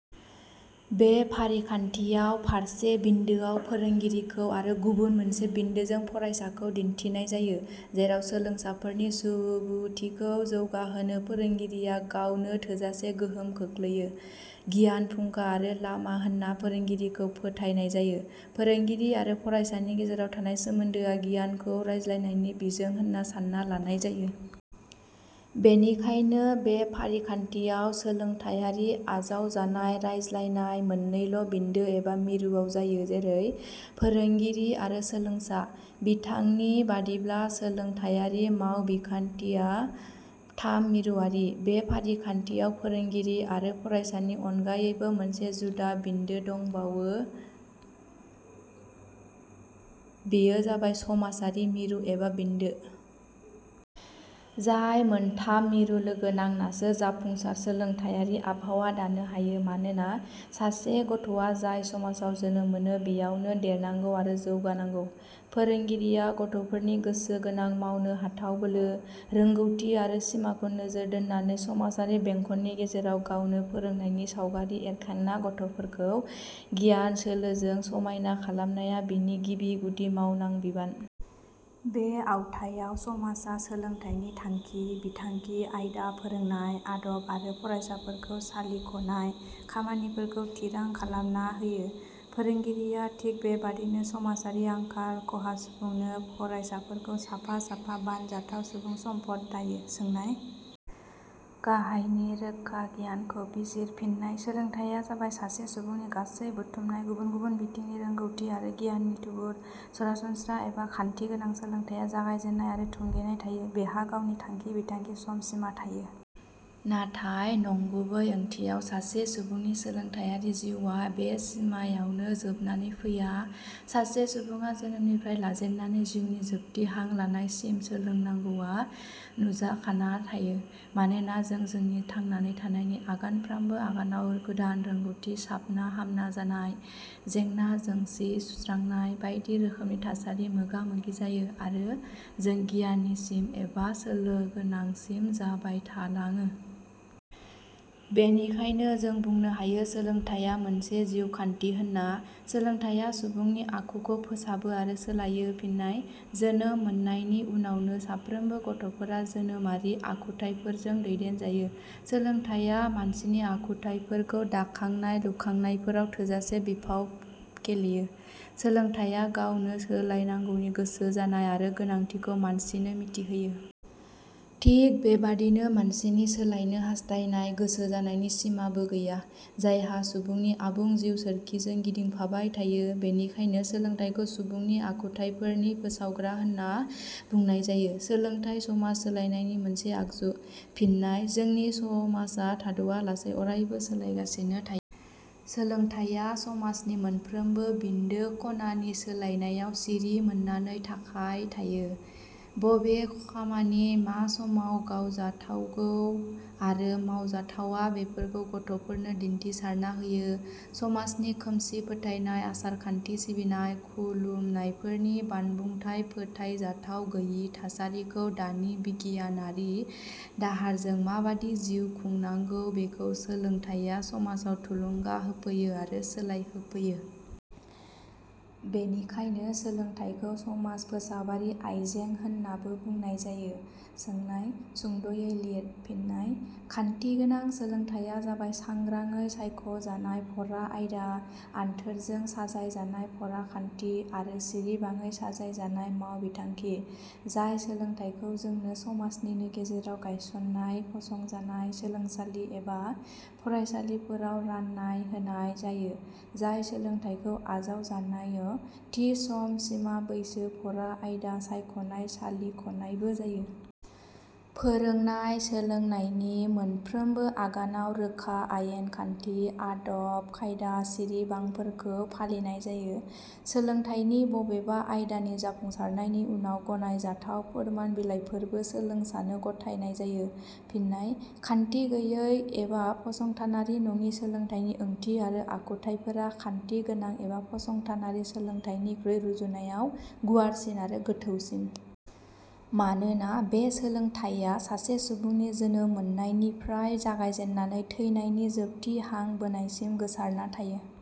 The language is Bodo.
बे फारिखान्थियाव फारसे बिन्दोआव फोरोंगिरिखौ आरो गुबुन मोनसे बिन्दोजों फरायसाखौ दिन्थिनाय जायो। जेराव सोलोंसाफोरनि सुबुथिखौ जौगाहोनो फोरोंगिरिया गावनो थोजासे गोहोम खोख्लैयो। गियान फुंखा आरो लामा होन्ना फोरोंगिरिखौ फोथायनाय जायो। फोरोंगिरि आरो फरायसानि गेजेराव थानाय सोमोन्दोआ गियानखौ रानज्लायनायनि बिजों होनना सानना लानाय जायो। बेनिखायनो बे फारिखान्थियाव सोलोंथायारि आजावजानाय-रानज्लायनाय मोननैल' बिन्दो एबा मिरुवाव जायो, जेरै -फोरोंगिरि आरो सोलोंसा। बिथां नि बादिब्ला सोलोंथाइयारि मावबिखान्थिया थाम मिरुवारि। बे फारिखान्थियाव फोरोंगिरि आरो फरायसानि अनगायैबो मोनसे जुदा बिन्दो दंबावो। बेयो जाबाय समाजारि मिरु एबा बिन्दो। जाय मोन्थाम मिरु लोगो नांनासो जाफुंसार सोलोंथाइयारि आबहावा दानो हायो। मानोना सासे गथ'वा जाय समाजाव जोनोम मोनो बेयावनो देरनांगौ आरो जौगानांगौ। फोरोंगिरिया गथ'फोरनि गोसो गोनां मावनो हाथाव बोलो, रोंगौथि आरो सिमाखौ नोजोर दोन्नानै समाजारि बेंखननि गेजेराव गावनो फोरोंनायनि सावगारि एरखांना गथ'फोरखौ गियान -सोलोजों समायना खालामनाया बिनि गिबि -गुदि मावनां बिबान। बे आवथायाव समाजा सोलोंथाइनि थांखि -बिथांखि, आयदा, फोरोंनाय आदब आरो फरायसाफोरखौ सालिख'नाय खामानिफोरखौ थिरां खालामना होयो। फोरोंगिरिया थिक बेबादिनो समाजारि आंखाल – खहा सुफुंनो फरायसाफोरखौ साफा – साफा बानजाथाव सुबुं सम्पद दायो। सोंनाय -. गाहायनि रोखा गियानखौ बिजिर- फिन्नाय: सोलोंथाइया जाबाय सासे सुबुंनि गासै बुथुमनाय गुबुन गुबुन बिथिंनि रोंगौथि आरो गियाननि थुबुर। सरासनस्रा एबा खान्थि गोनां सोलोंथाइया जागायजेन्नाय आरो थुंगेनाय थायो। बेहा गावनि थांखि -बिथांखि, सम -सिमा थायो। नाथाय नंगुबै ओंथियाव सासे सुबुंनि सोलोंथाइयारि जिउआ बे सिमायावनो जोबनानै फैया। सासे सुबुंङा जोनोमनिफ्राय लाजेननानै जिउनि जोबथि हां लानाय सिम सोलोंनांगौआ नुजाखाना थायो। मानोना जों जोंनि थांनानै थानायनि आगानफ्रामबो आगानाव गोदान रोंगौथि, साबना -हामना जानाय, जेंना -जोंसि सुस्रांनाय बायदि रोखोमनि थासारि मोगा- मोगि जायो आरो जों गियानिसिन एबा सोलोगोनांसिन जाबायथालाङो। बेनिखायनो जों बुंनो हायो सोलोंथाइया मोनसे जिउ खान्थि होन्ना। सोलोंथाइया सुबुंनि आखुखौ फोसाबो आरो सोलायो। फिन्नाय: जोनोम मोन्नायनि उनावनो साफ्रोमबो गथ'फोरा जोनोमारि आखुथाइफोरजों दैदेनजायो। सोलोंथाइया मानसिनि आखुथाइफोरखौ दाखांनाय -लुखांनायफोराव थोजासे बिफाव गेलेयो। सोलोंथाइया गावनो सोलायनांगौनि गोसो जानाय आरो गोनांथिखौ मानसिनो मिथिहोयो। थिक बेबादिनो मानसिनि सोलायनो हास्थायनाय – गोसो जानायनि सिमाबो गैया। जायहा सुबुंनि आबुं जिउ सोरखिजों गिदिंफाबाय थायो। बेनिखायनो सोलोंथाइखौ सुबुंनि आखुथायफोरनि फोसावग्रा होन्ना बुनाय जायो। सोलोंथाइ समाज सोलायनायनि मोनसे आगजु। फिन्नाय: जोंनि समाजा थाद'वा लासै अरायबो सोलायगासिनो थायो। सोलोंथाइया समाजनि मोनफ्रोमबो बिन्दो – ख 'नानि सोलायनायाव सिरि मोननानै थाखाय थायो। बबे खामानि मा समाव गावजाथावगौ आरो मावजाथावा बेफोरखौ गथ'फोरनो दिन्थिसारना होयो। समाजनि खोमसि फोथायनाय, आसार -खान्थि, सिबिनाय – खुलुमनायफोरनि बानबुंथाय फोथायजाथाव गैयि थासारिखौ दानि बिगियानआरि दाहारजों माबादि जिउ – खुंनांगौ बेखौ सोलोंथाइया समाजाव थुलुंगा होफैयो आरो सोलायहोफैयो। बेनिखायनो सोलोंथाइखौ समाज फोसाबारि आइजें होन्नाबो बुंनाय जायो। सोंनाय-, सुंदयै लिर फिन्नाय: खान्थि गोनां सोलोंथाइया जाबाय सांग्रांङै सायख 'जानाय फरा आयदा, आनथोरजों साजाय जानाय फराखान्थि आरो सिरिबाङै साजायजानाय माव – बिथांखि। जाय सोलोंथाइखौ जोंनो समाजनिनो गेजेराव गायसननाय -फसंजानाय सोलोंसालि एबा फरायसालिफोराव रान्नाय होनाय जायो -जाय सोलोंथाइखौ आजावजानायव थि सम -सिमा, बैसो, फरा -आयदा, सायख 'नाय – सालिखनायबो जायो। फोरोंनाय सोलोंनायनि मोनफ्रोमबो आगानाव रोखा आयेन -खान्थि, आदब-खायदा, सिरिबांफोरखौ फालिनाय जायो। सोलोंथाइनि बबेबा आयदानि जाफुंसारनायनि उनाव गनाय जाथाव फोरमान बिलाइफोरबो सोलोंसानो गथायनाय जायो। फिननाय: खान्थि गैयै एबा फसंथानारि नङि सोलोंथाइनि ओंथि आरो आखुथाइफोरा खान्थि गोनां एबा फसंथानारि सोलोंथाइनिख्रुइ रुजुनायाव गुवारसिन आरो गोथौसिन। मानोना बे सोलोंथाइया सासे सुबुंनि जोनोम मोन्नायनिफ्राय जागायजेन्नानै थैनायनि जोबथि हां बोनायसिम गोसारना थायो।